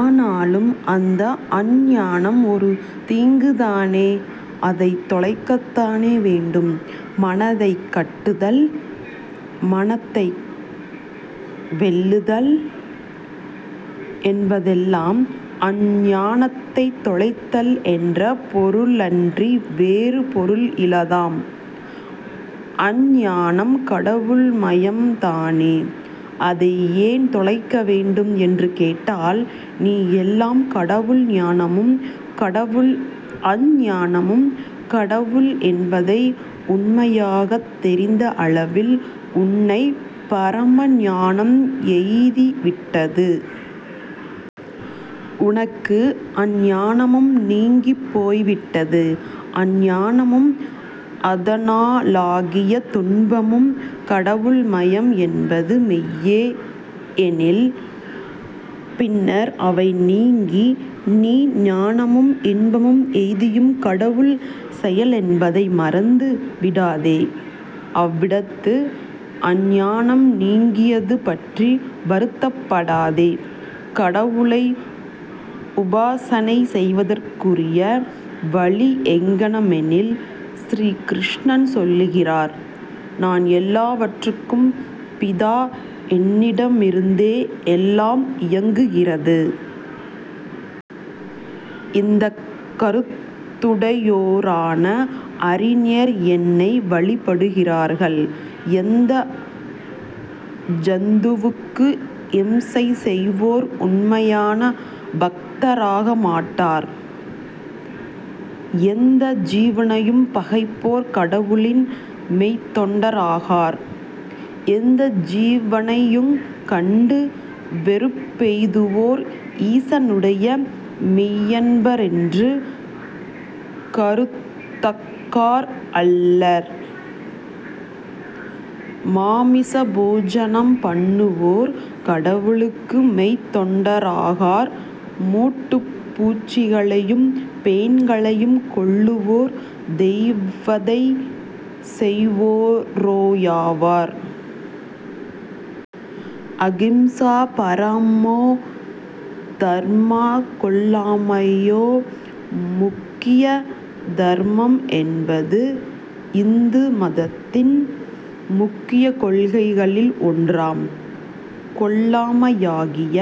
ஆனாலும், அந்த அஞ்ஞானம் ஒரு தீங்குதானே? அதைத் தொலைக்கத்தானே வேண்டும்? மனத்தைக் கட்டுதல், மனத்தை வெல்லுதல் என்பதெல்லாம் அஞ்ஞானத்தைத் தொலைத்தல் என்ற பொருளன்றி வேறு பொருள் இலதாம். அஞ்ஞானம் கடவுள் மயம்தானே? அதை ஏன் தொலைக்க வேண்டும்? என்று கேட்டால், நீ எல்லாம் கடவுள், ஞானமும் கடவுள், அஞ்ஞானமும் கடவுள் என்பதை உண்மையாகத் தெரிந்த அளவில் உன்னைப் பரம ஞானம் எய்திவிட்டது. உனக்கு அஞ்ஞானமும் நீங்கிப் போய்விட்டது. அஞ்ஞானமும் அதனாலாகிய துன்பமும் கடவுள் மயம் என்பது மெய்யே எனில் பின்னர் அவை நீங்கி, நீ ஞானமும் இன்பமும் எய்தியும் கடவுள் செயலென்பதை மறந்து விடாதே. அவ்விடத்து அஞ்ஞானம் நீங்கியது பற்றி வருத்தப் படாதே. கடவுளை உபாசனை செய்வதற்குரிய வழி எங்ஙனமெனில், ஸ்ரீ கிருஷ்ணன் சொல்லுகிறார், நான் எல்லாவற்றுக்கும் பிதா, என்னிடமிருந்தே எல்லாம் இயங்குகிறது. இந்தக் கருத்துடையோரான அறிஞர் என்னை வழிபடுகிறார்கள். எந்த ஜந்துவுக்கு இம்சை செய்வோர் உண்மையான பக்தராக மாட்டார். எந்த ஜீவனையும் பகைப்போர் கடவுளின் மெய்த்தொண்டர் ஆகார். எந்த ஜீவனையுங் கண்டு வெறுப்பெய்துவோர் ஈசனுடைய மெய்யன்பரென்று கருதக்கார் அல்லர். மாமிச போஜனம் பண்ணுவோர் கடவுளுக்கு மெய்த்தொண்டராகார். மூட்டுப் பூச்சிகளையும் பேன்களையும் கொல்லுவோர் தெய்வதை செய்வோரோயாவார். அகிம்சா பரமோ தர்மா, கொல்லாமையோ முக்கிய தர்மம் என்பது இந்து மதத்தின் முக்கியக் கொள்கைகளில் ஒன்றாம். கொல்லாமையாகிய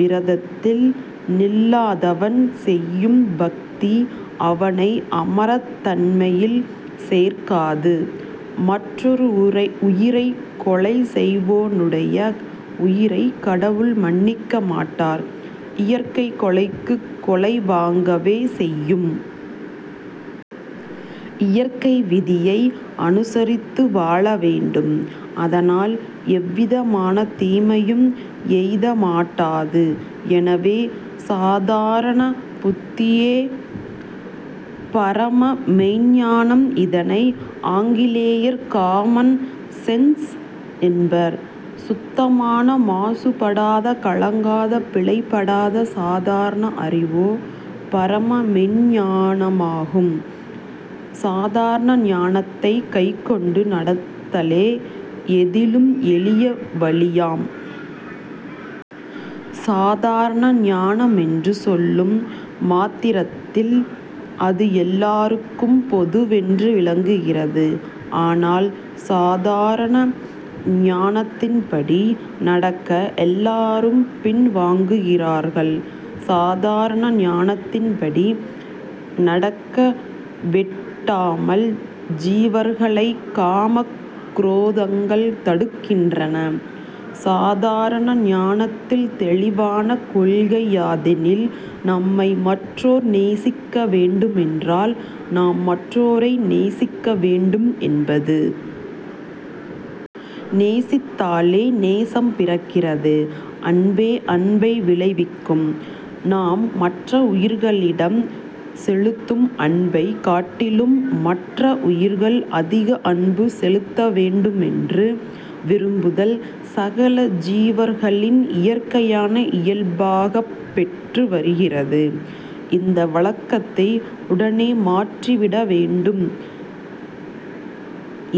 விரதத்தில் நில்லாதவன் செய்யும் பக்தி அவனை அமரத் தன்மையில் சேர்க்காது. மற்றொரு உயிரைக் கொலை செய்வோனுடைய உயிரைக் கடவுள் மன்னிக்க மாட்டார். இயற்கை கொலைக்குக் கொலை வாங்கவே செய்யும். இயற்கை விதியை அனுசரித்து வாழ வேண்டும். அதனால் எவ்விதமான தீமையும் எய்த மாட்டாது. எனவே, சாதாரண புத்தியே பரம மெய்ஞ்ஞானம். இதனை ஆங்கிலேயர் காமன் சென்ஸ் என்பர். சுத்தமான மாசு படாத, கலங்காத, பிழை படாத சாதாரண அறிவோ பரம மெய்ஞ்ஞானமாகும். சாதாரண ஞானத்தைக் கைக்கொண்டு நடத்தலே எதிலும் எளிய வழியாம். சாதாரண ஞானமென்று சொல்லும் மாத்திரத்தில் அது எல்லாருக்கும் பொதுவென்று விளங்குகிறது. ஆனால் சாதாரண ஞானத்தின்படி நடக்க எல்லாரும் பின் வாங்குகிறார்கள். சாதாரண ஞானத்தின்படி நடக்கவிட்டாமல் ஜீவர்களைக் காமக் குரோதங்கள் தடுக்கின்றன. சாதாரண ஞானத்தில் தெளிவான கொள்கை யாதெனில், நம்மை மற்றோர் நேசிக்க வேண்டுமென்றால், நாம் மற்றோரை நேசிக்க வேண்டும் என்பது. நேசித்தாலே நேசம் பிறக்கிறது. அன்பே அன்பை விளைவிக்கும். நாம் மற்ற உயிர்களிடம் செலுத்தும் அன்பைக் காட்டிலும் மற்ற உயிர்கள் அதிக அன்பு செலுத்த வேண்டுமென்று விரும்புதல் சகல ஜீவர்களின் இயற்கையான இயல்பாகப் பெற்று வருகிறது. இந்த வழக்கத்தை உடனே மாற்றிவிட வேண்டும்.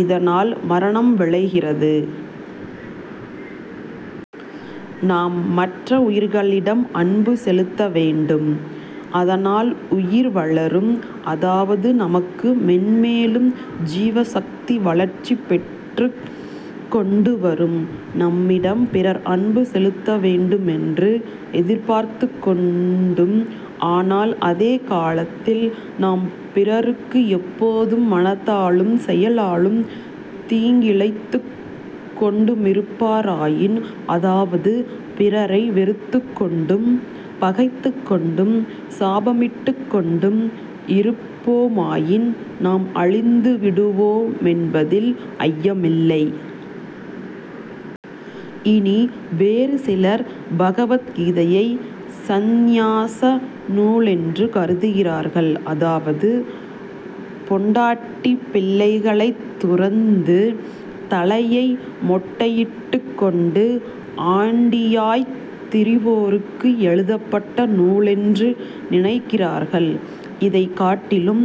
இதனால் மரணம் விளைகிறது. நாம் மற்ற உயிர்களிடம் அன்பு செலுத்த வேண்டும். அதனால் உயிர் வளரும், அதாவது நமக்கு மேன்மேலும் ஜீவசக்தி வளர்ச்சி பெற்றுக் கொண்டு வரும். நம்மிடம் பிறர் அன்பு செலுத்த வேண்டுமென்று எதிர்பார்த்துக் கொண்டும், ஆனால் அதே காலத்தில் நாம் பிறருக்கு எப்போதும் மனத்தாலும் செயலாலும் தீங்கிழைத்துக் கொண்டுமிருப்பாராயின், அதாவது பிறரை வெறுத்துக்கொண்டும், பகைத்துக் கொண்டும், சாபமிட்டுக் கொண்டும் இருப்போமாயின் நாம் அழிந்து விடுவோமென்பதில் ஐயமில்லை. இனி, வேறு சிலர் பகவத் கீதையை சந்நியாச நூலென்று கருதுகிறார்கள். அதாவது பொண்டாட்டி பிள்ளைகளைத் துறந்து, தலையை மொட்டையிட்டுக் கொண்டு ஆண்டியாய்த் திரிவோருக்கு எழுதப்பட்ட நூலென்று நினைக்கிறார்கள். இதைக் காட்டிலும்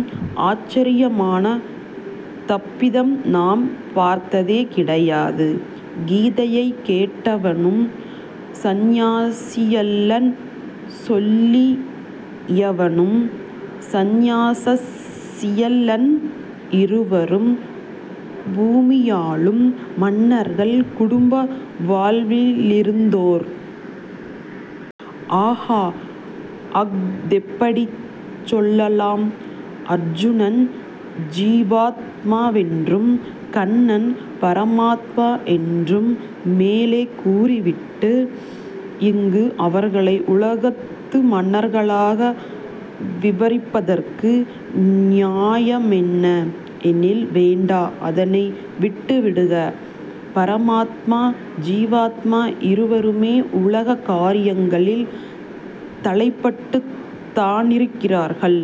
ஆச்சரியமான தப்பிதம் நாம் பார்த்ததே கிடையாது. கீதையைக் கேட்டவனும் சந்நியாசசியல்லன், சொல்லியவனும் சந்நியாசியல்லன். இருவரும் பூமியாளும் மன்னர்கள், குடும்ப வாழ்விலிருந்தோர். ஆகா! அஃதெப்படிச் சொல்லலாம்? அர்ஜுனன் ஜீவாத்மாவென்றும், கண்ணன் பரமாத்மா என்றும் மேலே கூறிவிட்டு, இங்கு அவர்களை உலகத்து மன்னர்களாக விவரிப்பதற்கு நியாயமென்ன? எனில் வேண்டா, அதனை விட்டுவிடுக. பரமாத்மா ஜீவாத்மா இருவருமே உலக காரியங்களில் தளைப்பட்டுத் தானிருக்கிறார்கள்.